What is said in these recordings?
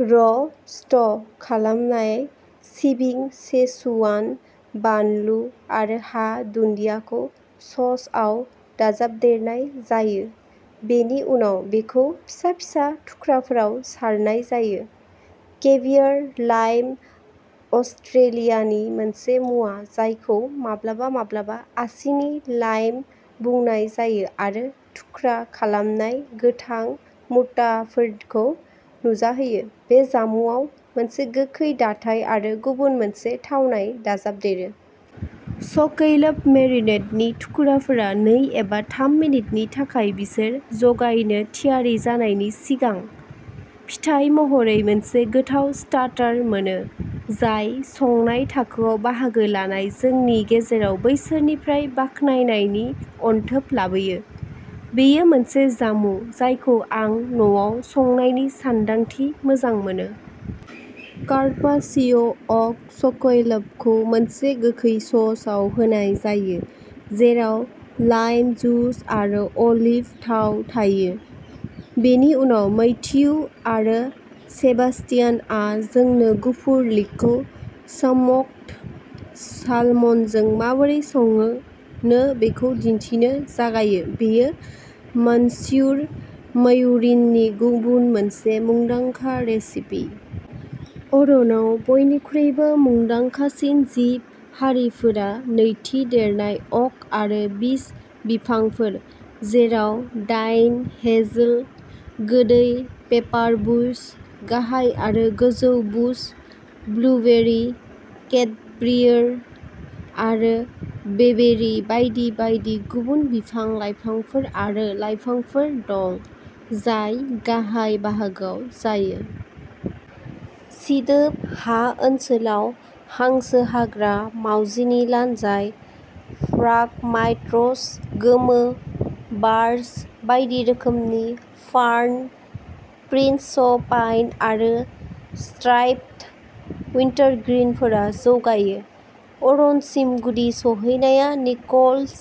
Roast खालामनाय सिबिं, Szechuan बानलु आरो हा-दुन्दियाखौ ससआव दाजाबदेरनाय जायो, बेनि उनाव बेखौ फिसा फिसा थुख्राफोराव सारनाय जायो। केभियार लाइम-अस्ट्रेलियानि मोनसे मुवा जायखौ माब्लाबा माब्लाबा आसिनि लाइम बुंनाय जायो आरो थुख्रा खालामनायाव गोथां मुक्ताफोरखौ नुजाहोयो-बे जामुंआव मोनसे गोखै दाथाय आरो गुबुन मोनसे थावनाय दाजाबदेरो। स्कैलप मेरिनेडनि थुख्राफोरा नै एबा थाम मिनिटनि थाखाय बिसोर जगायनो थियारि जानायनि सिगां। फिथाय महरै मोनसे गोथाव स्टार्टार मोनो, जाय संनाय थाखोआव बाहागो लानाय जोंनि गेजेराव बैसोरनिफ्राय बाखनायनायनि अन्थोब लाबोयो। बेयो मोनसे जामुं जायखौ आं न'आव संनायनि सानदांथि मोजां मोनो। कार्पासिअ'अफ स्कैलपखौ मोनसे गोखै ससआव होनाय जायो, जेराव लाइम जुस आरो अलिभ थाव थायो। बेनि उनाव मैथियु आरो सेबास्तियानआ जोंनो गुफुर लिकखौ स्मोक्ड सालमनजों माबोरै संनो बेखौ दिन्थिनो जागायो। "बेयो मन्सियुर म्यूरिननि गुबुन मोनसे मुंदांखा रेसिपि। अरनाव बयनिख्रुइबो मुंदांखासिन जिब-हारिफोरा नैथि देरनाय अक आरो बीच बिफांफोर, जेराव डायन हेजेल, गोदै पेपारबुश, गाहाय आरो गोजौ बुश ब्लुबेरि, केटब्रियार आरो बेबेरि बायदि बायदि गुबुन बिफां-लाइफांफोर आरो लायफांफोर दं, जाय गाहाय बाहागोआव जायो। सिदोब हा ओनसोलाव, हांसो हाग्रा, मावजिनि लानजाय, फ्राग्माइट्स, गोमो बार्च, बायदि रोखोमनि फार्न, प्रिन्स'स पाइन आरो स्ट्राइप्ड उइन्टारग्रीनफोरा जौगायो। अरनसिम गुदि सौहैनाया निकोल्स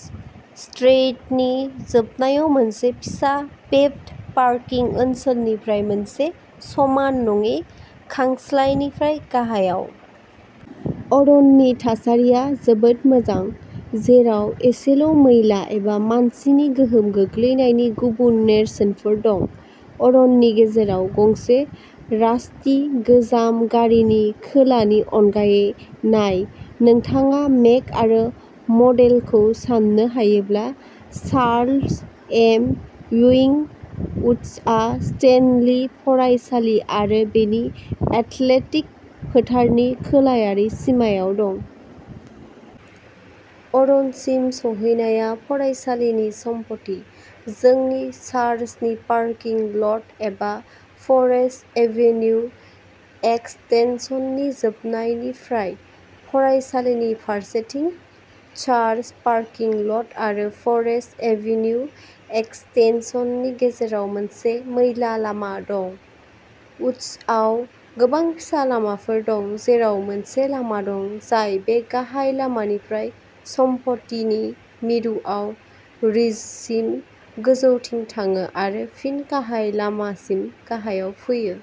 स्ट्रीटनि जोबनायाव मोनसे फिसा पेभ्ड पार्किं ओनसोलनिफ्राय मोनसे समान नङि खंस्लायनिफ्राय गाहायाव। अरननि थासारिया जोबोद मोजां, जेराव एसेल'मैला एबा मानसिनि गोहोम गोग्लैनायनि गुबुन नेरसोनफोर दं-अरननि गेजेराव गंसे रास्टि गोजाम गारिनि खोलानि अनगायै! नाय! नोंथाङा मेक आरो मडेलखौ सान्नो हायोब्ला? Charles M. इउइं उड्सआ स्टेनलि फरायसालि आरो बेनि एथलेटिक फोथारनि खोलायारि सिमायाव दं। अरनसिम सौहैनाया फरायसालिनि सम्पथि, जोंनि चार्चनि पार्किं ल'ट, एबा फरेस्ट एभेन्यु एक्सटेनसननि जोबनायनिफ्राय। फरायसालिनि फारसेथिं, चार्च पार्किं ल'ट आरो फरेस्ट एभेन्यु एक्सटेनसननि गेजेराव मोनसे मैला लामा दं। उड्सआव गोबां फिसा लामाफोरबो दं, जेराव मोनसे लामा दं जाय बे गाहाय लामानिफ्राय सम्पथिनि मिरुआव रिजसिम गोजौथिं थाङो आरो फिन गाहाय लामासिम गाहायाव फैयो।